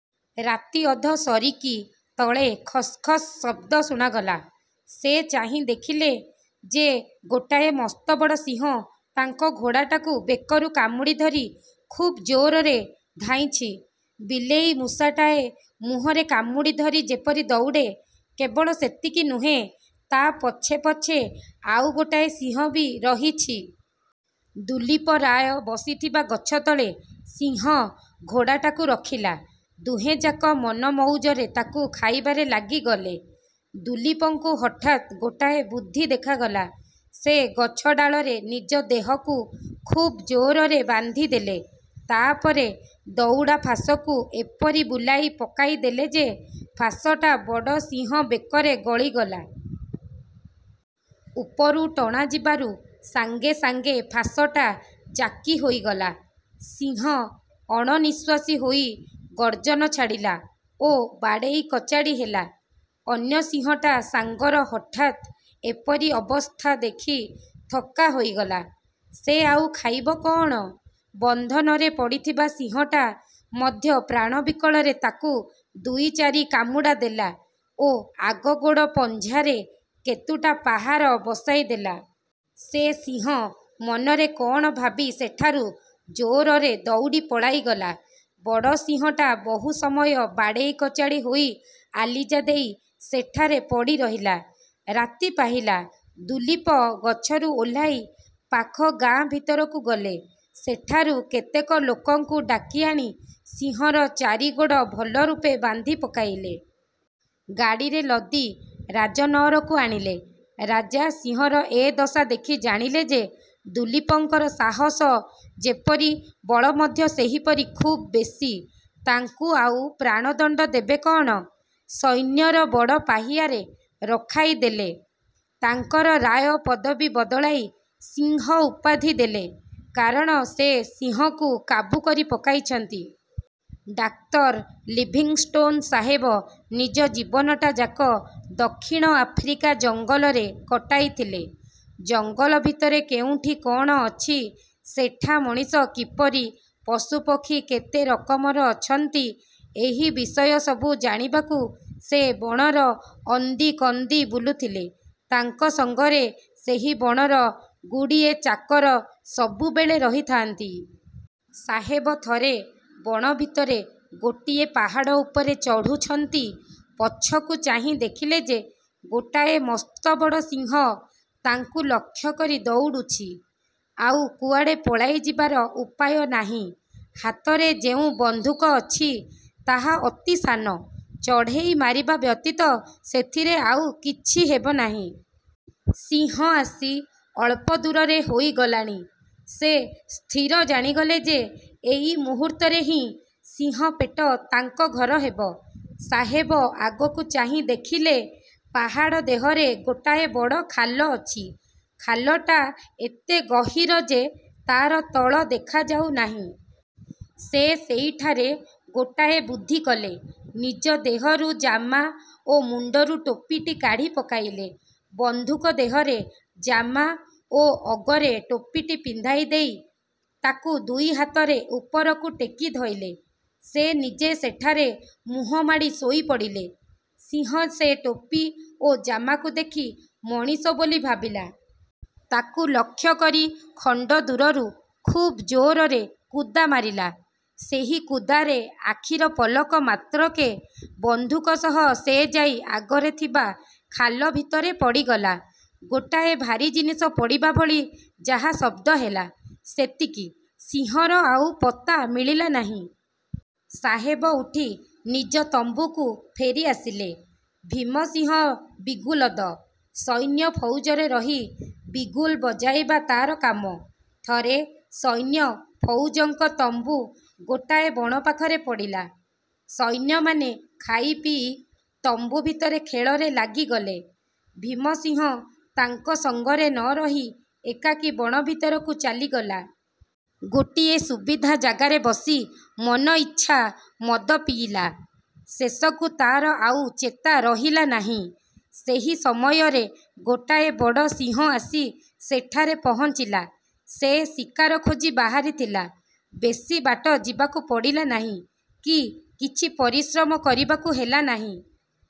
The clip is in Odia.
ରାତି ଅଧ ସରିକି ତଳେ ଖସ୍ଖସ୍ ଶବ୍ଦ ଶୁଣାଗଲା। ସେ ଚାହିଁ ଦେଖିଲେ ଯେ, ଗୋଟାଏ ମସ୍ତବଡ଼ ସିଂହ ତାଙ୍କ ଘୋଡ଼ାଟାକୁ ବେକରୁ କାମୁଡ଼ି ଧରି ଖୁବ ଜୋରରେ ଧାଇଁଛି-ବିଲେଇ ମୂଷାଟାଏ ମୁହଁରେ କାମୁଡ଼ି ଧରି ଯେପରି ଦଉଡ଼େ। କେବଳ ସେତିକି ନୁହେଁ, ତା' ପଛେ ପଛେ ଆଉ ଗୋଟାଏ ସିଂହ ବି ରହିଛି। ଦୁଲୀପ ରାୟ ବସିଥିବା ଗଛତଳେ ସିଂହ ଘୋଡ଼ାଟାକୁ ରଖିଲା। ଦୁହେଁଯାକ ମନମଉଜରେ ତାକୁ ଖାଇବାରେ ଲାଗିଗଲେ। ଦୁଲୀପଙ୍କୁ ହଠାତ୍ ଗୋଟାଏ ବୁଦ୍ଧି ଦେଖାଗଲା। ସେ ଗଛ ଡାଳରେ ନିଜ ଦେହକୁ ଖୁବ୍ ଜୋରରେ ବାନ୍ଧିଦେଲେ। ତା'ପରେ ଦଉଡ଼ା ଫାଶକୁ ଏପରି ବୁଲାଇ ପକାଇଦେଲେ ଯେ, ଫାଶଟା ବଡ଼ ସିଂହ ବେକରେ ଗଳିଗଲା। ଉପରୁ ଟଣା ଯିବାରୁ ସାଙ୍ଗେ ସାଙ୍ଗେ ଫାଶଟା ଜାକି ହୋଇଗଲା-। ସିଂହ ଅଣନିଃଶ୍ଵାସୀ ହୋଇ ଗର୍ଜନ ଛାଡ଼ିଲା ଓ ବାଡ଼େଇକଚାଡ଼ି ହେଲା। ଅନ୍ୟ ସିଂହଟା ସାଙ୍ଗର ହଠାତ୍ ଏପରି ଅବସ୍ଥା ଦେଖି ଥକା ହୋଇଗଲା। ସେ ଆଉ ଖାଇବ କଅଣ? ବନ୍ଧନରେ ପଡ଼ିଥିବା ସିଂହଟା ମଧ୍ୟ ପ୍ରାଣବିକଳରେ ତାକୁ ଦୁଇ ଚାରି କାମୁଡ଼ା ଦେଲା ଓ ଆଗ ଗୋଡ଼ ପଞ୍ଝାରେ କେତୁଟା ପାହାର ବସାଇ ଦେଲା। ସେ ସିଂହ ମନରେ କଅଣ ଭାବି ସେଠାରୁ ଜୋରରେ ଦଉଡ଼ି ପଳାଇଗଲା। ବଡ଼ ସିଂହଟା ବହୁ ସମୟ ବାଡ଼େଇ କଚାଡ଼ି ହୋଇ ଆଲିଜା ଦେଇ ସେଠାରେ ପଡ଼ିରହିଲା। ରାତି ପାହିଲା, ଦୁଲୀପ ଗଛରୁ ଓହ୍ଲାଇ ପାଖ ଗାଁ ଭିତରକୁ ଗଲେ। ସେଠାରୁ କେତେକ ଲୋକଙ୍କୁ ଡାକିଆଣି ସିଂହର ଚାରି ଗୋଡ଼ ଭଲ ରୂପେ ବାନ୍ଧି ପକାଇଲେ। ଗାଡ଼ିରେ ଲଦି ରାଜନଅରକୁ ଆଣିଲେ। ରାଜା ସିଂହର ଏ ଦଶା ଦେଖି ଜାଣିଲେ ଯେ, ଦୁଲୀପଙ୍କର ସାହସ ଯେପରି, ବଳ ମଧ୍ୟ ସେହିପରି ଖୁବ୍ ବେଶୀ। ତାଙ୍କୁ ଆଉ ପ୍ରାଣଦଣ୍ଡ ଦେବେ କଅଣ; ସୈନ୍ୟର ବଡ଼ ପାହିଆରେ ରଖାଇ ଦେଲେ। ତାଙ୍କର ''ରାୟ'' ପଦବୀ ବଦଳାଇ ''ସିଂହ'' ଉପାଧି ଦେଲେ-କାରଣ ସେ ସିଂହକୁ କାବୁ କରି ପକାଇଛନ୍ତି। ଡାକ୍ତର ଲିଭିଂଷ୍ଟୋନ ସାହେବ ନିଜ ଜୀବନଟାଯାକ ଦକ୍ଷିଣ ଆଫ୍ରିକା ଜଙ୍ଗଲରେ କଟାଇଥିଲେ। ଜଙ୍ଗଲ ଭିତରେ କେଉଁଠି କଅଣ ଅଛି, ସେଠା ମଣିଷ କିପରି, ପଶୁପକ୍ଷୀ କେତେ ରକମର ଅଛନ୍ତି-ଏହି ବିଷୟସବୁ ଜାଣିବାକୁ ସେ ବଣର ଅନ୍ଦିକନ୍ଦି ବୁଲୁଥିଲେ। ତାଙ୍କ ସଙ୍ଗରେ ସେହି ବଣର ଗୁଡ଼ିଏ ଚାକର ସବୁବେଳେ ରହିଥାନ୍ତି। ସାହେବ ଥରେ ବଣ ଭିତରେ ଗୋଟିଏ ପାହାଡ଼ ଉପରେ ଚଢ଼ୁଛନ୍ତି-ପଛକୁ ଚାହିଁ ଦେଖିଲେ ଯେ, ଗୋଟାଏ ମସ୍ତବଡ଼ ସିଂହ ତାଙ୍କୁ ଲକ୍ଷ୍ୟ କରି ଦଉଡ଼ୁଛି। ଆଉ କୁଆଡ଼େ ପଳାଇ ଯିବାର ଉପାୟ ନାହିଁ। ହାତରେ ଯେଉଁ ବନ୍ଧୁକ ଅଛି, ତାହା ଅତି ସାନ-ଚଢ଼େଇ ମାରିବା ବ୍ୟତୀତ ସେଥିରେ ଆଉ କିଛି ହେବ ନାହିଁ। ସିଂହ ଆସି ଅଳ୍ପ ଦୂରରେ ହୋଇଗଲାଣି। ସେ ସ୍ଥିର ଜାଣିଗଲେ ଯେ, ଏଇ ମୁହୂର୍ତ୍ତରେ ହିଁ ସିଂହ ପେଟ ତାଙ୍କ ଘର ହେବ। ସାହେବ ଆଗକୁ ଚାହିଁ ଦେଖିଲେ; ପାହାଡ଼ ଦେହରେ ଗୋଟାଏ ବଡ଼ ଖାଲ ଅଛି। ଖାଲଟା ଏତେ ଗହୀର ଯେ, ତା'ର ତଳ ଦେଖାଯାଉନାହିଁ। ସେ ସେଇଠାରେ ଗୋଟାଏ ବୁଦ୍ଧି କଲେ। ନିଜ ଦେହରୁ ଜାମା ଓ ମୁଣ୍ଡରୁ ଟୋପିଟି କାଢ଼ି ପକାଇଲେ। ବନ୍ଧୁକ ଦେହରେ ଜାମା ଓ ଅଗରେ ଟୋପିଟି ପିନ୍ଧାଇ ଦେଇ ତାକୁ ଦୁଇ ହାତରେ ଉପରକୁ ଟେକି ଧଇଲେ। ସେ ନିଜେ ସେଠାରେ ମୁହଁମାଡ଼ି ଶୋଇପଡ଼ିଲେ। ସିଂହ ସେ ଟୋପି ଓ ଜାମାକୁ ଦେଖି ମଣିଷ ବୋଲି ଭାବିଲା। ତାକୁ ଲକ୍ଷ୍ୟକରି ଖଣ୍ଡଦୂରରୁ ଖୁବ୍ ଜୋରରେ କୁଦା ମାରିଲା। ସେହି କୁଦାରେ ଆଖିର ପଲକ ମାତ୍ରକେ ବନ୍ଧୁକ ସହ ସେ ଯାଇ ଆଗରେ ଥିବା ଖାଲ ଭିତରେ ପଡ଼ିଗଲା। ଗୋଟାଏ ଭାରୀ ଜିନିଷ ପଡ଼ିବାଭଳି ଯାହା ଶବ୍ଦ ହେଲା, ସେତିକି-ସିଂହର ଆଉ ପତ୍ତା ମିଳିଲା ନାହିଁ। ସାହେବ ଉଠି ନିଜ ତମ୍ବୁକୁ ଫେରିଆସିଲେ। ଭୀମସିଂହ ବିଗୁଲଦ। ସୈନ୍ୟଫଉଜରେ ରହି ବିଗୁଲ୍ ବଜାଇବା ତା'ର କାମ। ଥରେ ସୈନ୍ୟଫଉଜଙ୍କ ତମ୍ବୁ ଗୋଟାଏ ବଣ ପାଖରେ ପଡ଼ିଲା। ସୈନ୍ୟମାନେ ଖାଇପିଇ ତମ୍ବୁ ଭିତରେ ଖେଳରେ ଲାଗିଗଲେ। ଭୀମ ସିଂହ ତାଙ୍କ ସଙ୍ଗରେ ନ ରହି ଏକାକୀ ବଣ ଭିତରକୁ ଚାଲିଗଲା। ଗୋଟିଏ ସୁବିଧା ଜାଗାରେ ବସି ମନଇଚ୍ଛା ମଦ ପିଇଲା। ଶେଷକୁ ତା'ର ଆଉ ଚେତା ରହିଲା ନାହିଁ। ସେହି ସମୟରେ ଗୋଟାଏ ବଡ଼ ସିଂହ ଆସି ସେଠାରେ ପହଞ୍ଚିଲା। ସେ ଶିକାର ଖୋଜି ବାହାରିଥିଲା। ବେଶୀ ବାଟ ଯିବାକୁ ପଡ଼ିଲା ନାହିଁ କି କିଛି ପରିଶ୍ରମ କରିବାକୁ ହେଲା ନାହିଁ-।